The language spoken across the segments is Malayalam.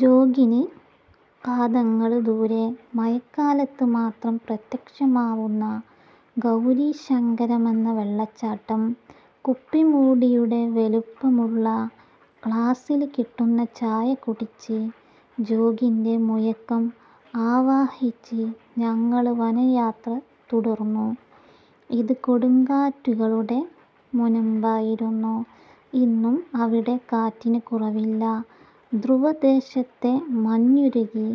ജോഗിന് കാതങ്ങള് ദൂരെ, മഴക്കാലത്ത് മാത്രം പ്രത്യക്ഷമാവുന്ന ഗൗരീശങ്കരമെന്ന വെളളച്ചാട്ടം. കുപ്പിമൂടിയുടെ വലിപ്പമുളള ഗ്ലാസ്സില് കിട്ടുന്ന ചായ കുടിച്ച് ജോഗിന്റെ മുഴക്കം ആവാഹിച്ച് ഞങ്ങള് വനയാത്ര തുടർന്നു. ഇത് കൊടുങ്കാറ്റുകളുടെ മുനമ്പായിരുന്നു. ഇന്നും അവിടെ കാറ്റിന് കുറവില്ല. ധ്രുവദേശത്തെ മഞ്ഞുരുകി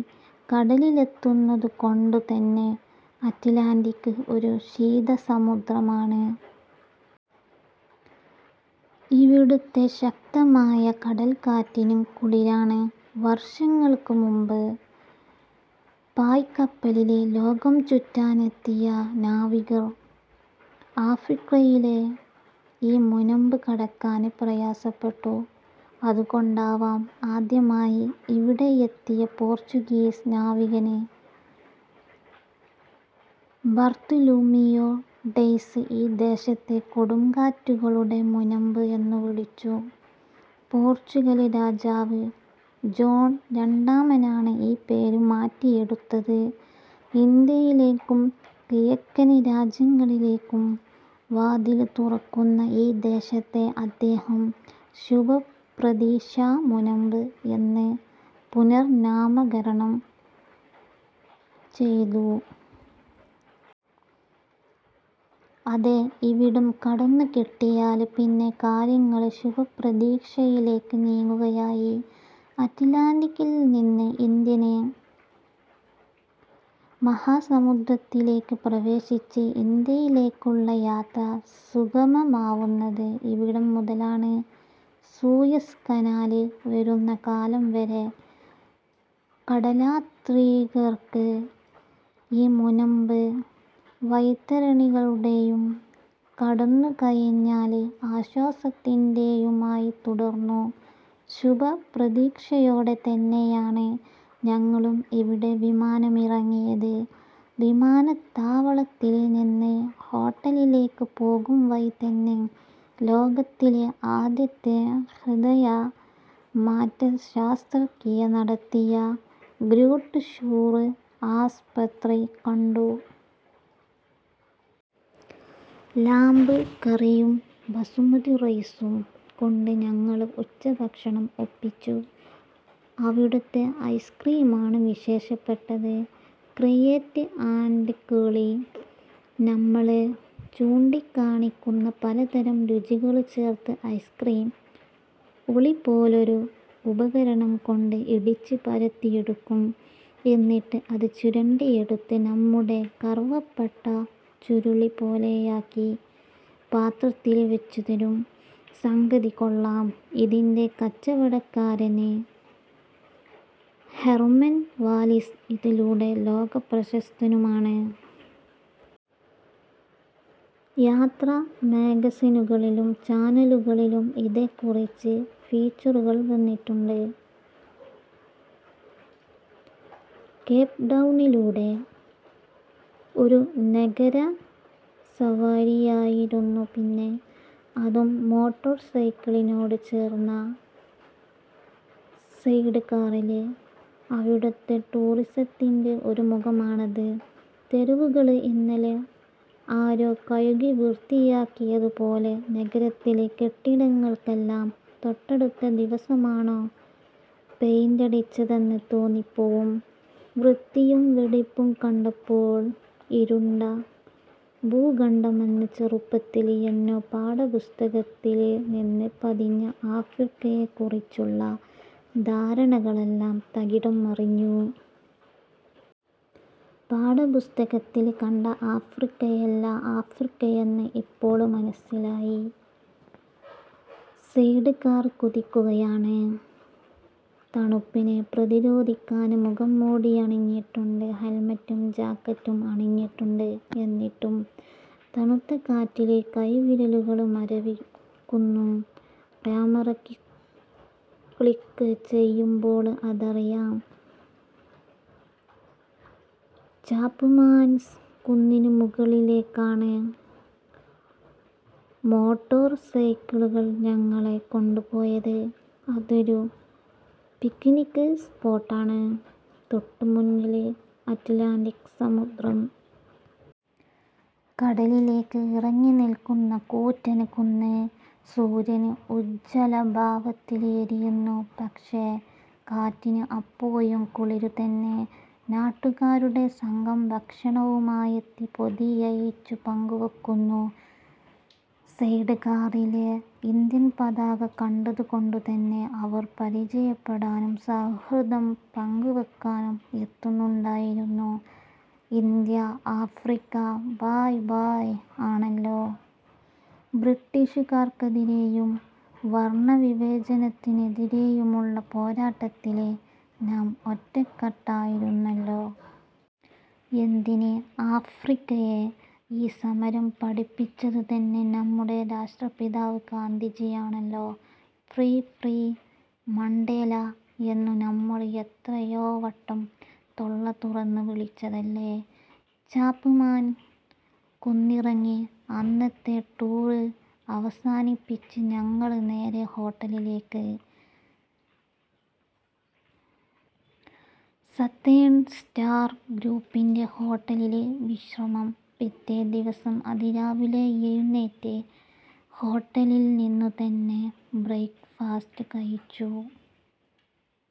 കടലിലെത്തുന്നതുകൊണ്ടുതന്നെ അറ്റ്ലാന്റിക് ഒരു ശീത സമുദ്രമാണ്. ഇവിടുത്തെ ശക്തമായ കടൽക്കാറ്റിനും കുളിരാണ്. വർഷങ്ങൾക്കു മുമ്പ് പായ്ക്കപ്പലിൽ ലോകംചുറ്റാനെത്തിയ നാവികർ ആഫ്രിക്കയിലെ ഈ മുനമ്പ് കടക്കാൻ പ്രയാസപ്പെട്ടു. അതുകൊണ്ടാവാം, ആദ്യമായി ഇവിടെയെത്തിയ പോർച്ചുഗീസ് നാവികൻ ബർത്തുലൂമിയോ ഡയസ് ഈ ദേശത്തെ കൊടുങ്കാറ്റുകളുടെ മുനമ്പ് എന്നുവിളിച്ചു. പോർച്ചുഗല് രാജാവ് ജോണ് രണ്ടാമനാണ് ഈ പേര് മാറ്റിയെടുത്തത്. ഇന്ത്യയിലേക്കും കിഴക്കൻ രാജ്യങ്ങളിലേക്കും വാതിൽ തുറക്കുന്ന ഈ ദേശത്തെ അദ്ദേഹം ശുഭപ്രതീക്ഷാ മുനമ്പ് എന്ന് പുനർനാമകരണം ചെയ്തു. അതേ, ഇവിടം കടന്നുകിട്ടിയാൽ പിന്നെ കാര്യങ്ങൾ ശുഭപ്രതീക്ഷയിലേക്കു നീങ്ങുകയായി. അറ്റ്ലാന്റിക്കിൽനിന്ന് ഇന്ത്യന് മഹാസമുദ്രത്തിലേക്ക് പ്രവേശിച്ച് ഇന്ത്യയിലേക്കുള്ള യാത്ര സുഗമമാവുന്നത് ഇവിടംമുതലാണ്. സൂയസ് കനാൽ വരുന്നകാലംവരെ കടല്യാത്രികർക്ക് ഈ മുനമ്പ് വൈതരണികളുടെയും കടന്നുകഴിഞ്ഞാൽ ആശ്വാസത്തിന്റേതുമായി തുടർന്നു. ശുഭപ്രതീക്ഷയോടെതന്നെയാണ് ഞങ്ങളും ഇവിടെ വിമാനമിറങ്ങിയത്. വിമാനത്താവളത്തിൽ നിന്ന് ഹോട്ടലിലേക്ക് പോകുംവഴിതന്നെ ലോകത്തിലെ ആദ്യത്തെ ഹൃദയമാറ്റ ശസ്ത്രക്രിയ നടത്തിയ ഗ്രൂട്ട് ഷൂര് ആസ്പത്രി കണ്ടു. ലാമ്പ് കറിയും ബസുമതിറൈസും കൊണ്ട് ഞങ്ങള് ഉച്ചഭക്ഷണം ഒപ്പിച്ചു. അവിടുത്തെ ഐസ്ക്രീമാണ് വിശേഷപ്പെട്ടത്. ക്രിയേറ്റ് ആൻഡ് കേളി. നമ്മള് ചൂണ്ടിക്കാണിക്കുന്ന പലതരം രുചികൾ ചേർത്ത് ഐസ്ക്രീം ഉളിപോലൊരു ഉപകരണം കൊണ്ട് ഇടിച്ചുപരത്തിയെടുക്കും. എന്നിട്ട് അത് ചുരണ്ടിയെടുത്ത് നമ്മുടെ കറുവപ്പട്ടച്ചുരുളുപോലെയാക്കി പാത്രത്തില് വെച്ചുതരും. സംഗതി കൊള്ളാം. ഇതിന്റെ കച്ചവടക്കാരന് ഹെർമൻ വാലിസ് ഇതിലൂടെ ലോകപ്രശസ്തനുമാണ്. യാത്ര മാഗസിനുകളിലും ചാനലുകളിലും ഇതേക്കുറിച്ച് ഫീച്ചറുകൾ വന്നിട്ടുണ്ട്. കേപ്ടൗണിലൂടെ ഒരു നഗരസവാരിയായിരുന്നു പിന്നെ. അതും മോട്ടോർസൈക്കിളിനോട് ചേർന്ന സൈഡ്കാറില്. അവിടുത്തെ ടൂറിസത്തിന്റെ ഒരു മുഖമാണത്. തെരുവുകൾ ഇന്നലെ ആരോ കഴുകിവൃത്തിയാക്കിയതുപോലെ. നഗരത്തില് കെട്ടിടങ്ങൾക്കെല്ലാം തൊട്ടടുത്ത ദിവസമാണോ പെയിന്റടിച്ചതെന്ന് തോന്നിപ്പോവും. വൃത്തിയും വെടിപ്പും കണ്ടപ്പോൾ ഇരുണ്ട ഭൂഖണ്ഡമെന്ന് ചെറുപ്പത്തിൽ എന്നോ പാഠപുസ്തകത്തിലൽനിന്ന് പതിഞ്ഞ ആഫ്രിക്കയെക്കുറിച്ചുള്ള ധാരണകളെല്ലാം തകിടംമറിഞ്ഞു. പാഠപുസ്തകത്തിൽ കണ്ട ആഫ്രിക്കയല്ല ആഫ്രിക്കയെന്ന് ഇപ്പോൾ മനസ്സിലായി. സൈഡ്കാർ കുതിക്കുകയാണ്. തണുപ്പിനെ പ്രതിരോധിക്കാന് മുഖംമൂടിയണിഞ്ഞിട്ടുണ്ട്. ഹെൽമെറ്റും ജാക്കറ്റും അണിഞ്ഞിട്ടുണ്ട്. എന്നിട്ടും തണുത്ത കാറ്റില് കൈവിരലുകൾ മരവിക്കുന്നു. ക്യാമറ ക്ലിക്ക് ചെയ്യുമ്പോള് അതറിയാം. ചാപ്മാൻസ് കുന്നിനു മുകളിലേക്കാണ് മോട്ടോർസൈക്കിളുകൾ ഞങ്ങളെ കൊണ്ടുപോയത്. അതൊരു പിക്നിക് സ്പോട്ടാണ്. തൊട്ടുമുന്നില് അറ്റ്ലാന്റിക് സമുദ്രം. കടലിലേക്ക് ഇറങ്ങിനിൽക്കുന്ന കൂറ്റന് കുന്ന്. സൂര്യൻ ഉജ്ജ്വലഭാവത്തിൽ എരിയുന്നു. പക്ഷേ, കാറ്റിന് അപ്പോഴും കുളിരുതന്നെ. നാട്ടുകാരുടെ സംഘം ഭക്ഷണവുമായെത്തി പൊതിയഴിച്ചു പങ്കുവെക്കുന്നു. സൈഡ് കാറിലെ ഇന്ത്യൻപതാക കണ്ടതുകൊണ്ടുതന്നെ അവർ പരിചയപ്പെടാനും സൗഹൃദം പങ്കുവെക്കാനും എത്തുന്നുണ്ടായിരുന്നു. ഇന്ത്യാ ആഫ്രിക്കാ ഭായ് ഭായ് ആണല്ലോ. ബ്രിട്ടീഷുകാർക്കെതിരെയും വർണവിവേചനത്തിനെതിരെയുമുള്ള പോരാട്ടത്തിൽ നാം ഒറ്റക്കെട്ടായിരുന്നല്ലോ. എന്തിന് ആഫ്രിക്കയെ ഈ സമരം പഠിപ്പിച്ചതുതന്നെ നമ്മുടെ രാഷ്ട്രപിതാവ് ഗാന്ധിജിയാണല്ലോ. ഫ്രീ ഫ്രീ മണ്ടേല എന്നു നമ്മള് എത്രയോവട്ടം തൊള്ളതുറന്ന് വിളിച്ചതല്ലേ. ചാപ്മാൻ കുന്നിറങ്ങി അന്നത്തെ ടൂർ അവസാനിപ്പിച്ച് ഞങ്ങള് നേരെ ഹോട്ടലിലേക്ക്. സതേണ് സ്റ്റാർ ഗ്രൂപ്പിന്റെ ഹോട്ടലിൽ വിശ്രമം. പിറ്റേദിവസം അതിരാവിലെ എഴുന്നേറ്റ് ഹോട്ടലിൽനിന്നുതന്നെ ബ്രേക്ക് ഫാസ്റ്റ് കഴിച്ചു.